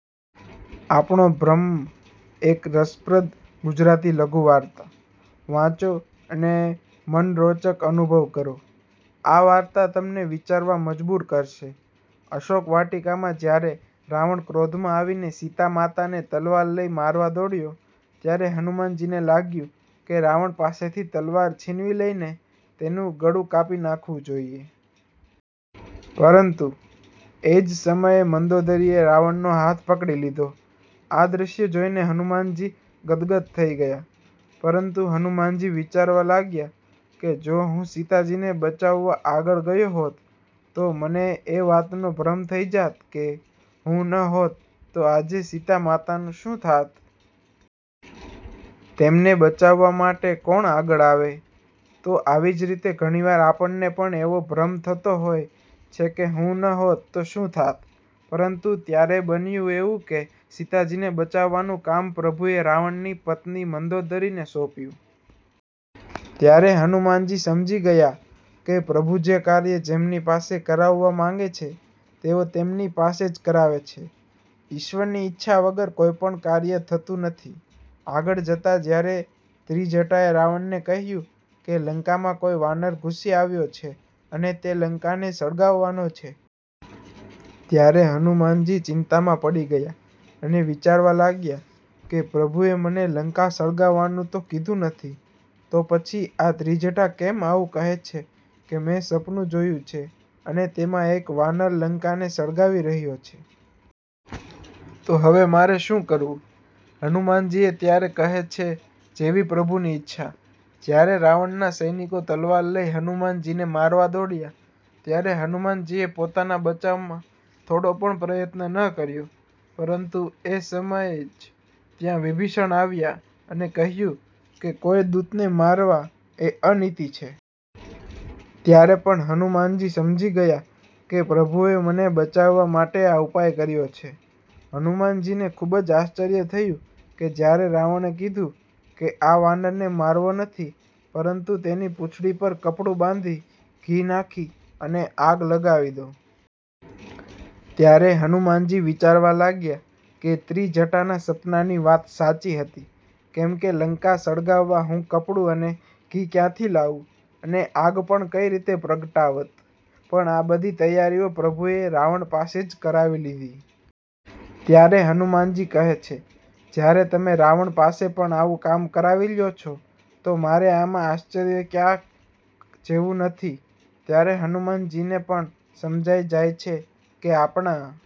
આપણો ભ્રમ: એક રસપ્રદ ગુજરાતી લઘુવાર્તા. વાંચો અને મનરોંચક અનુભવ કરો. આ વાર્તા તમને વિચારવા મજબૂર કરશે. અશોક વાટિકામાં જ્યારે રાવણ ક્રોધમાં આવીને સીતા માતાને તલવાર લઈ મારવા દોડ્યો, ત્યારે હનુમાનજીને લાગ્યું કે રાવણ પાસેથી તલવાર છીનવી લઈને, તેનું ગળું કાપી નાખવું જોઈએ. પરંતુ, એ જ સમયે મંદોદરીએ રાવણ નો હાથ પકડી લીધો. આ દ્રશ્ય જોઈને હનુમાનજી ગદગદ થઈ ગયા. પરંતુ હનુમાનજી વિચારવા લાગ્યા કે, "જો હું સીતાજીને બચાવવા આગળ ગયો હોત, તો મને એ વાતનો ભ્રમ થઈ જાત કે, હું ન હોત તો આજે સીતા માતાનું શું થાત? તેમને બચાવવા માટે કોણ આગળ આવે? " તો આવી જ રીતે ઘણીવાર આપણને પણ એવો ભ્રમ થતો હોય છે કે હું ન હોત તો શું થાત? પરંતુ ત્યારે બન્યું એવું કે સીતાજીને બચાવવાનું કામ પ્રભુએ રાવણની પત્ની મંદોદરીને સોપ્યું. ત્યારે હનુમાનજી સમજી ગયા કે, " પ્રભુ જે કાર્ય જેમની પાસે કરાવવા માંગે છે, તેઓ તેમની પાસે જ કરાવે છે. " ઈશ્વરની ઈચ્છા વગર કોઈ પણ કાર્ય થતું નથી. આગળ જતા જ્યારે ત્રીજટાએ રાવણને કહ્યું કે, " લંકામાં કોઈ વાનર ઘુસી આવ્યો છે અને તે લંકાને સળગાવવાનો છે. " ત્યારે હનુમાનજી ચિંતામાં પડી ગયા અને વિચારવા લાગ્યા કે, " પ્રભુ એ મને લંકા સળગાવવાનું તો કીધું નથી. તો પછી આ ત્રીજટા કેમ આવું કહે છે કે, મેં સપનું જોયું છે અને તેમાં એક વાનર લંકા ને સળગાવી રહ્યો છે. તો હવે મારે શું કરવું? હનુમાનજી એ ત્યારે કહે છે જેવી પ્રભુ ની ઈચ્છા. જ્યારે રાવણ નાં સૈનિકો તલવાર લઈ હનુમાનજીને મારવા દોડ્યા, ત્યારે હનુમાનજીએ પોતાના બચાવમાં થોડો પણ પ્રયત્ન ન કર્યો. પરંતુ એ સમય જ ત્યાં વિભીષણ આવ્યા અને કહ્યું કે, કોઈ દૂતને મારવા એ અનીતિ છે. ત્યારે પણ હનુમાનજી સમજી ગયા કે પ્રભુએ મને બચાવવા માટે આ ઉપાય કર્યો છે. હનુમાનજી ને ખુબ જ આશ્ચર્ય થયું કે જ્યારે રાવણે કીધું કે, આ વાનર ને મારવો નથી, પરંતુ તેની પૂછડી પર કપડું બાંધી, ઘી નાખી અને આગ લગાવી દો. ત્યારે હનુમાનજી વિચારવા લાગ્યા કે ત્રીજટાના સપનાની વાત સાચી હતી. કેમ કે લંકા સળગાવવા હું કપડું અને ઘી ક્યાંથી લાવું? અને આગ પણ કંઈ રીતે પ્રગટાવત? પણ આ બધી તૈયારીઓ પ્રભુએ રાવણ પાસે જ કરાવી લીધી. ત્યારે હનુમાનજી કહે છે, જ્યારે તમે રાવણ પાસે પણ આવું કામ કરાવી લ્યો છો, તો મારે આમાં આશ્વર્ય કર્યા જેવું કંઈ નથી. ત્યારે હનુમાનજી ને પણ સમજાય જાય છે કે આપણા